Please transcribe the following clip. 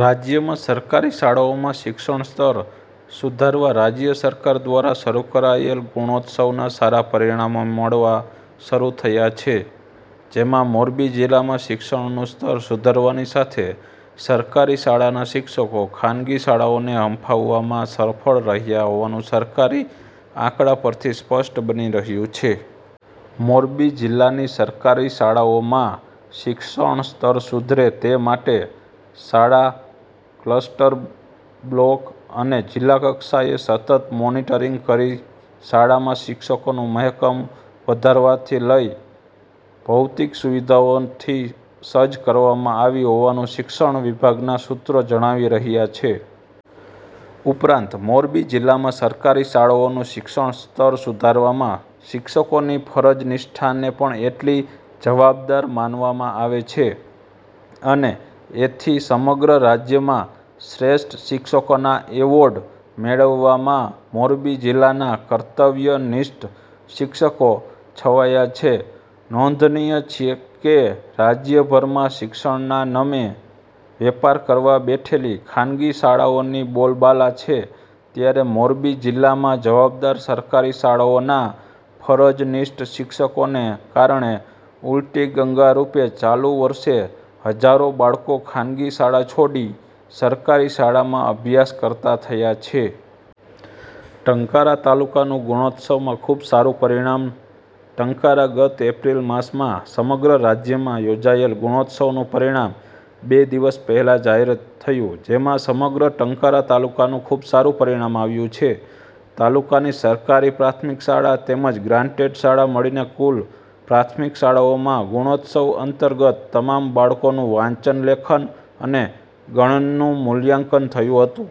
રાજ્યમાં સરકારી શાળાઓમાં શિક્ષણસ્તર સુધારવા રાજ્ય સરકાર દ્વારા શરૂ કરાયેલ ગુણોત્સવના સારા પરિણામો મળવા શરૂ થયા છે જેમાં મોરબી જિલ્લામાં શિક્ષણનું સ્તર સુધરવાની સાથે સરકારી શાળાના શિક્ષકો ખાનગી શાળાઓને હંફાવવામાં સફળ રહ્યા હોવાનું સરકારી આંકડા પરથી સ્પષ્ટ બની રહ્યું છે. મોરબી જિલ્લાની સરકારી શાળાઓમાં શિક્ષણસ્તર સુધરે તે માટે શાળા, ક્લસ્ટર, બ્લોક, અને જિલ્લાકક્ષાએ સતત મોનીટરીંગ કરી શાળામાં શિક્ષકોનું મહેકમ વધારવાથી લઈ ભૌતિક સુવિધાઓથી સજ્જ કરવામાં આવી હોવાનું શિક્ષણ વિભાગના સૂત્રો જણાવી રહ્યા છે. ઉપરાંત મોરબી જિલ્લામાં સરકારી શાળાઓનું શિક્ષણસ્તર સુધારવામાં શિક્ષકોની ફરજનિષ્ઠાને પણ એટલીજવાબદાર માનવામાં આવે છે અને એથીસમગ્ર રાજ્યમાં શ્રેષ્ઠ શિક્ષકોના એવોર્ડ મેળવવામાં મોરબી જિલ્લાના કર્તવ્યનિષ્ઠ શિક્ષકો છવાયા છે. નોંધનીય છે કે રાજ્યભરમાં શિક્ષણના નમે વેપાર કરવા બેઠેલી ખાનગીશાળાઓની બોલબાલા છે ત્યારે મોરબી જિલ્લામાં જવાબદાર સરકારી શાળાઓના ફરજનિષ્ઠ શિક્ષકોને કારણે ઉલટી ગંગા રૂપે ચાલુ વર્ષે હજારો બાળકો ખાનગી શાળા છોડી સરકારી શાળામાં અભ્યાસ કરતા થયા છે. ટંકારા તાલુકાનું ગુણોત્સવમાં ખૂબ સારું પરિણામ ટંકારા ગત એપ્રિલ માસમાં સમગ્ર રાજ્યમાં યોજાયેલ ગુણોત્સવ નું પરિણામ બે દિવસ પહેલા જાહેર થયુંજેમાં સમગ્ર ટંકારા તાલુકાનું ખૂબ સારું પરિણામ આવ્યુ છે. તાલુકાની સરકારી પ્રાથમિક શાળા તેમજ ગ્રાન્ટેડ શાળા મળીને કુલ પ્રાથમિક શાળાઓમાં ગુણોત્સવ અંતર્ગત તમામ બાળકોનું વાંચન લેખન અને ગણનનું મૂલ્યાંકન થયું હતું.